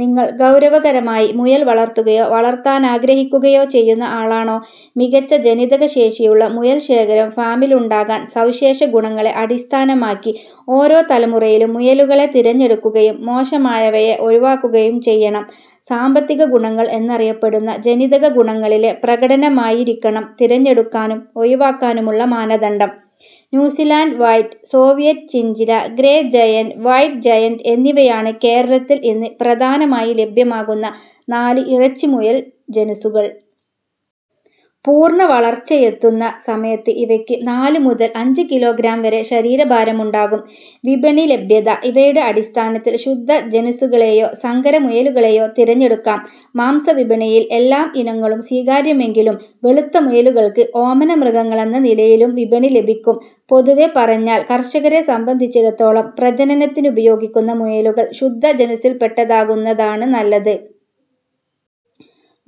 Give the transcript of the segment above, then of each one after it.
നിങ്ങൾ ഗൗരവകരമായി മുയൽ വളർത്തുകയോ വളർത്താനാഗ്രഹിക്കുകയോ ചെയ്യുന്ന ആളാണോ? മികച്ച ജനിതക ശേഷിയുള്ള മുയൽ ശേഖരം ഫാമിലുണ്ടാകാൻ സവിശേഷ ഗുണങ്ങളെ അടിസ്ഥാനമാക്കി ഓരോ തലമുറയിലും മുയലുകളെ തിരഞ്ഞെടുക്കുകയും മോശമായവയെ ഒഴിവാക്കുകയും ചെയ്യണം. സാമ്പത്തിക ഗുണങ്ങൾ എന്നറിയപ്പെടുന്ന ജനിതക ഗുണങ്ങളിലെ പ്രകടനമായിരിക്കണം തിരഞ്ഞെടുക്കാനും ഒഴിവാക്കാനുമുള്ള മാനദണ്ഡം. New Zealand white, Soviet chinchilla, grey giant, white giant എന്നിവയാണ് കേരളത്തിൽ ഇന്ന് പ്രധാനമായി ലഭ്യമാകുന്ന നാല് ഇറച്ചി മുയൽ ജനുസുകൾ. പൂർണ്ണ വളർച്ചയെത്തുന്ന സമയത്ത് ഇവയ്ക്ക് നാല് മുതൽ അഞ്ച് കിലോഗ്രാം വരെ ശരീരഭാരമുണ്ടാകും. വിപണി, ലഭ്യത ഇവയുടെ അടിസ്ഥാനത്തിൽ ശുദ്ധ ജനുസുകളെയോ സങ്കര മുയലുകളെയോ തിരഞ്ഞെടുക്കാം. മാംസ വിപണിയിൽ എല്ലാ ഇനങ്ങളും സ്വീകാര്യമെങ്കിലും വെളുത്ത മുയലുകൾക്ക് ഓമനമൃഗങ്ങളെന്ന നിലയിലും വിപണി ലഭിക്കും. പൊതുവെ പറഞ്ഞാൽ കർഷകരെ സംബന്ധിച്ചിടത്തോളം പ്രജനനത്തിനുപയോഗിക്കുന്ന മുയലുകൾ ശുദ്ധ ജനുസിൽപ്പെട്ടതാകുന്നതാണ് നല്ലത്.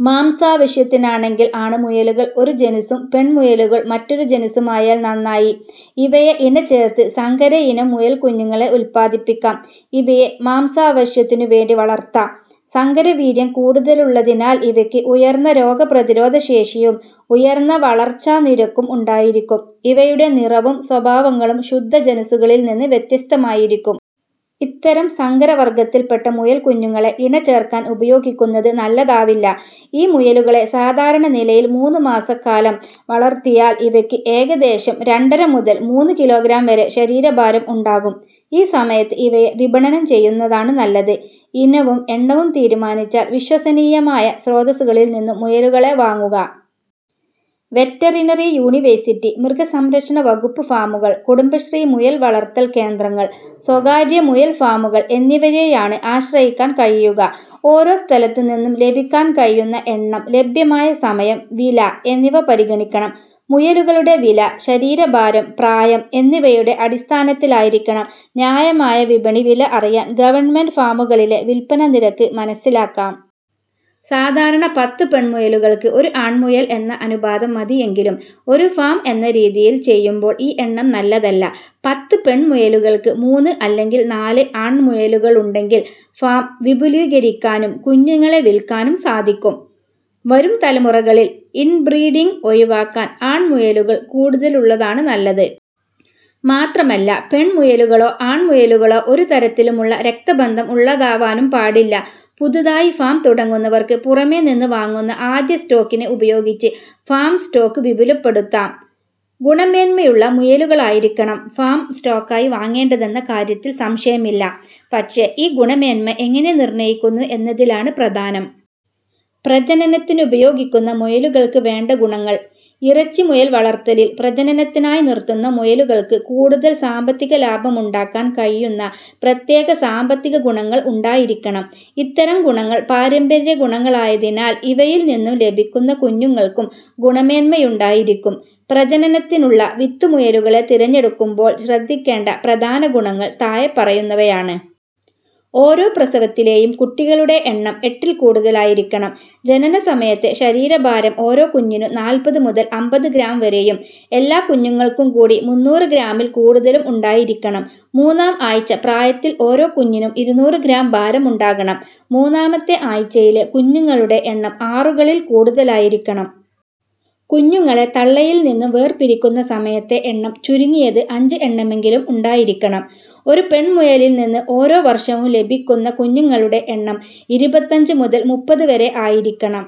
മാംസാവശ്യത്തിനാണെങ്കിൽ ആണ് മുയലുകൾ ഒരു ജനുസും പെൺ മുയലുകൾ മറ്റൊരു ജനുസുമായാൽ നന്നായി. ഇവയെ ഇണ ചേർത്ത് സങ്കരയിനം മുയൽ കുഞ്ഞുങ്ങളെ ഉൽപാദിപ്പിക്കാം. ഇവയെ മാംസാവശ്യത്തിനു വേണ്ടി വളർത്താം. സങ്കരവീര്യം കൂടുതലുള്ളതിനാൽ ഇവയ്ക്ക് ഉയർന്ന രോഗപ്രതിരോധശേഷിയും, ഉയർന്ന വളർച്ചാ നിരക്കും ഉണ്ടായിരിക്കും. ഇവയുടെ നിറവും സ്വഭാവങ്ങളും ശുദ്ധ ജനുസുകളിൽനിന്ന് വ്യത്യസ്തമായിരിക്കും. ഇത്തരം സങ്കര വർഗ്ഗത്തിൽപ്പെട്ട മുയൽ കുഞ്ഞുങ്ങളെ ഇണ ചേർക്കാൻ ഉപയോഗിക്കുന്നത് നല്ലതാവില്ല. ഈ മുയലുകളെ സാധാരണ നിലയിൽ മൂന്നു മാസം കാലം വളർത്തിയാൽ ഇവയ്ക്ക് ഏകദേശം രണ്ടര മുതൽ മൂന്ന് കിലോഗ്രാം വരെ ശരീരഭാരം ഉണ്ടാകും. ഈ സമയത്ത് ഇവയെ വിപണനം ചെയ്യുന്നതാണ് നല്ലത്. ഇനവും, എണ്ണവും തീരുമാനിച്ചാൽ വിശ്വസനീയമായ സ്രോതസുകളിൽനിന്നും മുയലുകളെ വാങ്ങുക. വെറ്ററിനറി യൂണിവേഴ്സിറ്റി, മൃഗസംരക്ഷണ വകുപ്പ് ഫാമുകൾ, കുടുംബശ്രീ മുയൽ വളർത്തൽ കേന്ദ്രങ്ങൾ, സ്വകാര്യ മുയൽ ഫാമുകൾ എന്നിവയെയാണ് ആശ്രയിക്കാൻ കഴിയുക. ഓരോ സ്ഥലത്തുനിന്നും ലഭിക്കാൻ കഴിയുന്ന എണ്ണം, ലഭ്യമായ സമയം, വില എന്നിവ പരിഗണിക്കണം. മുയലുകളുടെ വില ശരീരഭാരം, പ്രായം എന്നിവയുടെ അടിസ്ഥാനത്തിലായിരിക്കണം. ന്യായമായ വിപണി വില അറിയാൻ ഗവൺമെൻ്റ് ഫാമുകളിലെ വിൽപ്പന നിരക്ക് മനസ്സിലാക്കാം. സാധാരണ പത്തു പെൺ മുയലുകൾക്ക് ഒരു ആൺമുയൽ എന്ന അനുപാതം മതിയെങ്കിലും ഒരു ഫാം എന്ന രീതിയിൽ ചെയ്യുമ്പോൾ ഈ എണ്ണം നല്ലതല്ല. പത്ത് പെൺമുയലുകൾക്ക് മൂന്ന് അല്ലെങ്കിൽ നാല് ആൺമുയലുകളുണ്ടെങ്കിൽ ഫാം വിപുലീകരിക്കാനും കുഞ്ഞുങ്ങളെ വിൽക്കാനും സാധിക്കും. വരും തലമുറകളിൽ ഇൻബ്രീഡിങ് ഒഴിവാക്കാൻ ആൺമുയലുകൾ കൂടുതലുള്ളതാണ് നല്ലത്. മാത്രമല്ല പെൺമുയലുകളോ ആൺമുയലുകളോ ഒരു തരത്തിലുമുള്ള രക്തബന്ധം ഉള്ളതാവാനും പാടില്ല. പുതുതായി ഫാം തുടങ്ങുന്നവർക്ക് പുറമേനിന്ന് വാങ്ങുന്ന ആദ്യ സ്റ്റോക്കിനെ ഉപയോഗിച്ച് ഫാം സ്റ്റോക്ക് വിപുലപ്പെടുത്താം. ഗുണമേന്മയുള്ള മുയലുകളായിരിക്കണം ഫാം സ്റ്റോക്കായി വാങ്ങേണ്ടതെന്ന കാര്യത്തിൽ സംശയമില്ല. പക്ഷേ ഈ ഗുണമേന്മ എങ്ങനെ നിർണ്ണയിക്കുന്നു എന്നതിലാണ് പ്രധാനം. പ്രജനനത്തിനുപയോഗിക്കുന്ന മുയലുകൾക്ക് വേണ്ട ഗുണങ്ങൾ: ഇറച്ചി മുയൽ വളർത്തലിൽ പ്രജനനത്തിനായി നിർത്തുന്ന മുയലുകൾക്ക് കൂടുതൽ സാമ്പത്തിക ലാഭമുണ്ടാക്കാൻ കഴിയുന്ന പ്രത്യേക സാമ്പത്തിക ഗുണങ്ങൾ ഉണ്ടായിരിക്കണം. ഇത്തരം ഗുണങ്ങൾ പാരമ്പര്യ ഗുണങ്ങളായതിനാൽ ഇവയിൽനിന്നും ലഭിക്കുന്ന കുഞ്ഞുങ്ങൾക്കും ഗുണമേന്മയുണ്ടായിരിക്കും. പ്രജനനത്തിനുള്ള വിത്തുമുയലുകളെ തിരഞ്ഞെടുക്കുമ്പോൾ ശ്രദ്ധിക്കേണ്ട പ്രധാന ഗുണങ്ങൾ താഴെ പറയുന്നവയാണ്. ഓരോ പ്രസവത്തിലെയും കുട്ടികളുടെ എണ്ണം എട്ടിൽ കൂടുതലായിരിക്കണം. ജനനസമയത്തെ ശരീരഭാരം ഓരോ കുഞ്ഞിനും നാൽപ്പത് മുതൽ അമ്പത് ഗ്രാം വരെയും, എല്ലാ കുഞ്ഞുങ്ങൾക്കും കൂടി മുന്നൂറ് ഗ്രാമിൽ കൂടുതലും ഉണ്ടായിരിക്കണം. മൂന്നാം ആഴ്ച പ്രായത്തിൽ ഓരോ കുഞ്ഞിനും ഇരുന്നൂറ് ഗ്രാം ഭാരമുണ്ടാകണം. മൂന്നാമത്തെ ആഴ്ചയിലെ കുഞ്ഞുങ്ങളുടെ എണ്ണം ആറുകളിൽ കൂടുതലായിരിക്കണം. കുഞ്ഞുങ്ങളെ തള്ളയിൽനിന്നും വേർപിരിക്കുന്ന സമയത്തെ എണ്ണം ചുരുങ്ങിയത് അഞ്ച് എണ്ണമെങ്കിലും ഉണ്ടായിരിക്കണം. ഒരു പെൺമുയലിൽനിന്ന് ഓരോ വർഷവും ലഭിക്കുന്ന കുഞ്ഞുങ്ങളുടെ എണ്ണം ഇരുപത്തഞ്ച് മുതൽ മുപ്പത് വരെ ആയിരിക്കണം.